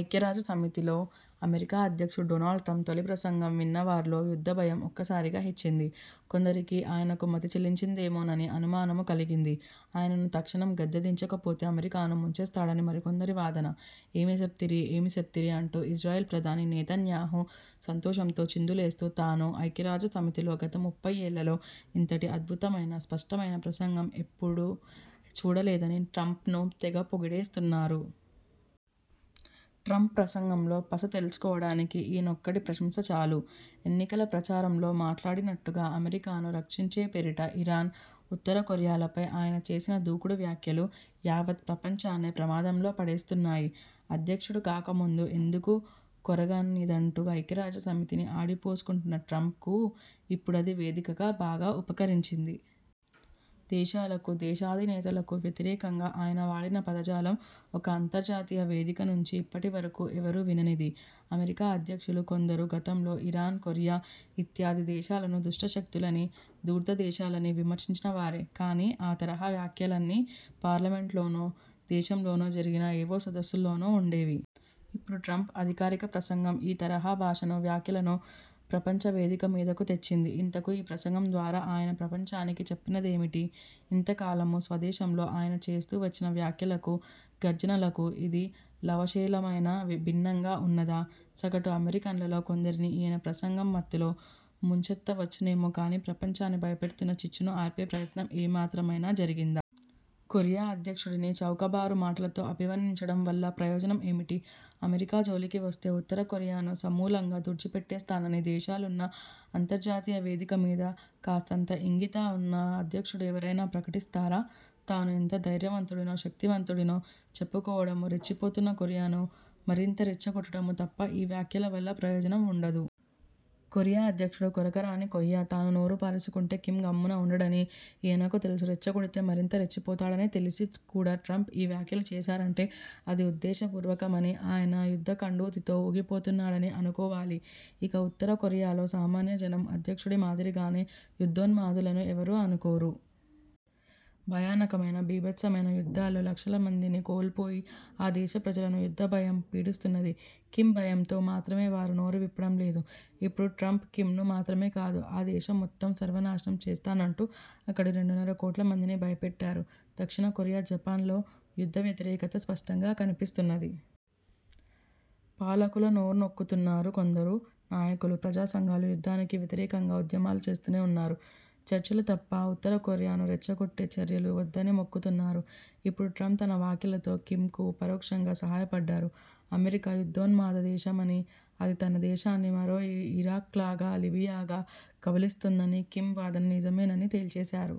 ఐక్యరాజ్య సమితిలో అమెరికా అధ్యక్షుడు డొనాల్డ్ ట్రంప్ తొలి ప్రసంగం విన్నవారిలో యుద్ధభయం ఒక్కసారిగా హెచ్చింది. కొందరికి ఆయనకు మతిచలించిందేమోనని అనుమానమూ కలిగింది. ఆయనను తక్షణం గద్దె దించకపోతే అమెరికాను ముంచేస్తాడని మరికొందరి వాదన. ఏమి సెప్తిరి, ఏమి సెప్తిరి అంటూ ఇజ్రాయెల్ ప్రధాని నెతన్యాహూ సంతోషంతో చిందులేస్తూ తాను ఐక్యరాజ్యసమితిలో గత ముప్పయ్యేళ్ళలో ఇంతటి అద్భుతమైన, స్పష్టమైన ప్రసంగం ఎన్నడూ చూడలేదని ట్రంప్ను తెగపొగిడేస్తున్నారు. ట్రంప్ ప్రసంగంలో పస తెలుసుకోవడానికి ఈయనొక్కడి ప్రశంస చాలు. ఎన్నికల ప్రచారంలో మాట్లాడినట్టుగా, అమెరికాను రక్షించే పేరిట ఇరాన్, ఉత్తరకొరియాలపై ఆయన చేసిన దూకుడు వ్యాఖ్యలు యావత్ ప్రపంచాన్నే ప్రమాదంలో పడేస్తున్నాయి. అధ్యక్షుడు కాకముందు ఎందుకూ కొరగానిదంటూ ఐక్యరాజ్యసమితిని ఆడిపోసుకున్న ట్రంప్కు ఇప్పుడది వేదికగా బాగా ఉపకరించింది. దేశాలకు, దేశాధినేతలకు వ్యతిరేకంగా ఆయన వాడిన పదజాలం ఒక అంతర్జాతీయ వేదికనుంచి ఇప్పటివరకూ ఎవరూ విననిది. అమెరికా అధ్యక్షులు కొందరు గతంలో ఇరాన్, కొరియా ఇత్యాది దేశాలను దుష్టశక్తులనీ, ధూర్తదేశాలనీ విమర్శించినవారే. కానీ, ఆ తరహా వ్యాఖ్యలన్నీ పార్లమెంటులోనో, దేశంలోనే జరిగిన ఏవో సదస్సుల్లోనో ఉండేవి. ఇప్పుడు ట్రంప్ అధికారిక ప్రసంగం ఈ తరహా భాషనూ, వ్యాఖ్యలను ప్రపంచవేదికమీదకు తెచ్చింది. ఇంతకూ ఈ ప్రసంగం ద్వారా ఆయన ప్రపంచానికి చెప్పినదేమిటి? ఇంతకాలమూ స్వదేశంలో ఆయన చేస్తూవచ్చిన వ్యాఖ్యలకు, గర్జనలకు ఇది లవలేశమైనా భిన్నంగా ఉన్నదా? సగటు అమెరికన్లలో కొందరిని ఈయన ప్రసంగం మత్తులో ముంచెత్తవచ్చునేమో కానీ, ప్రపంచాన్ని భయపెడుతున్న చిచ్చును ఆర్పే ప్రయత్నం ఏమాత్రమైనా జరిగిందా? కొరియా అధ్యక్షుడిని చౌకబారు మాటలతో అభివర్ణించడం వల్ల ప్రయోజనం ఏమిటి? అమెరికా జోలికి వస్తే ఉత్తరకొరియాను సమూలంగా తుడిచిపెట్టేస్తానని దేశాలున్న అంతర్జాతీయ వేదికమీద కాస్తంత ఇంగితం ఉన్న అధ్యక్షుడు ఎవరైనా ప్రకటిస్తారా? తాను ఎంత ధైర్యవంతుడినో, శక్తిమంతుడినో చెప్పుకోవడమూ, రెచ్చిపోతున్న కొరియాను మరింత రెచ్చగొట్టడమూ తప్ప ఈ వ్యాఖ్యలవల్ల ప్రయోజనం ఉండదు. కొరియా అధ్యక్షుడు కొరకరాని కొయ్య. తాను నోరుపారేసుకుంటే కిమ్ గమ్మున ఉండడని ఈయనకూ తెలుసు. రెచ్చగొడితే మరింత రెచ్చిపోతాడని తెలిసి కూడా ట్రంప్ ఈ వ్యాఖ్యలు చేశారంటే అది ఉద్దేశపూర్వకమనీ, ఆయన యుద్ధకండూతితో ఊగిపోతున్నాడనీ అనుకోవాలి. ఇక, ఉత్తరకొరియాలో సామాన్య జనం అధ్యక్షుడి మాదిరిగానే యుద్ధోన్మాదులని ఎవరూ అనుకోరు. భయానకమైన బీభత్సమైన యుద్ధాల్లో లక్షలమందిని కోల్పోయిన ఆ దేశ ప్రజలను యుద్ధభయం పీడిస్తున్నది. కిమ్ భయంతో మాత్రమే వారు నోరువిప్పడం లేదు. ఇప్పుడు ట్రంప్ కిమ్ను మాత్రమే కాదు, ఆ దేశం మొత్తాన్ని సర్వనాశనం చేస్తానంటూ అక్కడి రెండున్నరకోట్లమందినీ భయపెట్టారు. దక్షిణకొరియా, జపాన్లలో యుద్ధవ్యతిరేకత స్పష్టంగా కనిపిస్తున్నది. పాలకులు నోరునొక్కుతున్నా, కొందరు నాయకులు, ప్రజాసంఘాలు యుద్ధానికి వ్యతిరేకంగా ఉద్యమాలు చేస్తూనే ఉన్నారు. చర్చలు తప్ప ఉత్తరకొరియాను రెచ్చగొట్టే చర్యలు వద్దని మొక్కుతున్నారు. ఇప్పుడు ట్రంప్ తన వ్యాఖ్యలతో కిమ్కు పరోక్షంగా సహాయపడ్డారు. అమెరికా యుద్ధోన్మాదదేశమనీ, అది తన దేశాన్ని మరో ఇరాక్లాగా, లిబియాలాగా కబళిస్తుందన్న కిమ్ వాదన నిజమేనని తేల్చేశారు.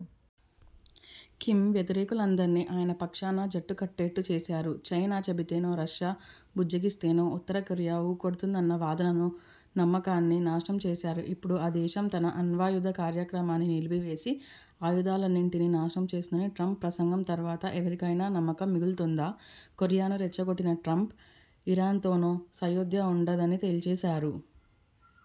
కిమ్ వ్యతిరేకులందరినీ ఆయన పక్షాన జట్టుకట్టేట్టు చేశారు. చైనా చెబితేనో, రష్యా బుజ్జగిస్తేనో ఉత్తరకొరియా ఊ కొడుతుందన్న వాదననూ, నమ్మకాన్ని నాశనం చేశారు. ఇప్పుడు ఆ దేశం తన అణ్వాయుధ కార్యక్రమాన్ని నిలిపివేసి, ఆయుధాలన్నింటినీ నాశనం చేస్తుందని ట్రంప్ ప్రసంగం తరువాత ఎవరికైనా నమ్మకం మిగులుతుందా? కొరియాను రెచ్చగొట్టిన ట్రంప్, ఇరాన్తోనూ సయోధ్య ఉండదని తేల్చేశారు.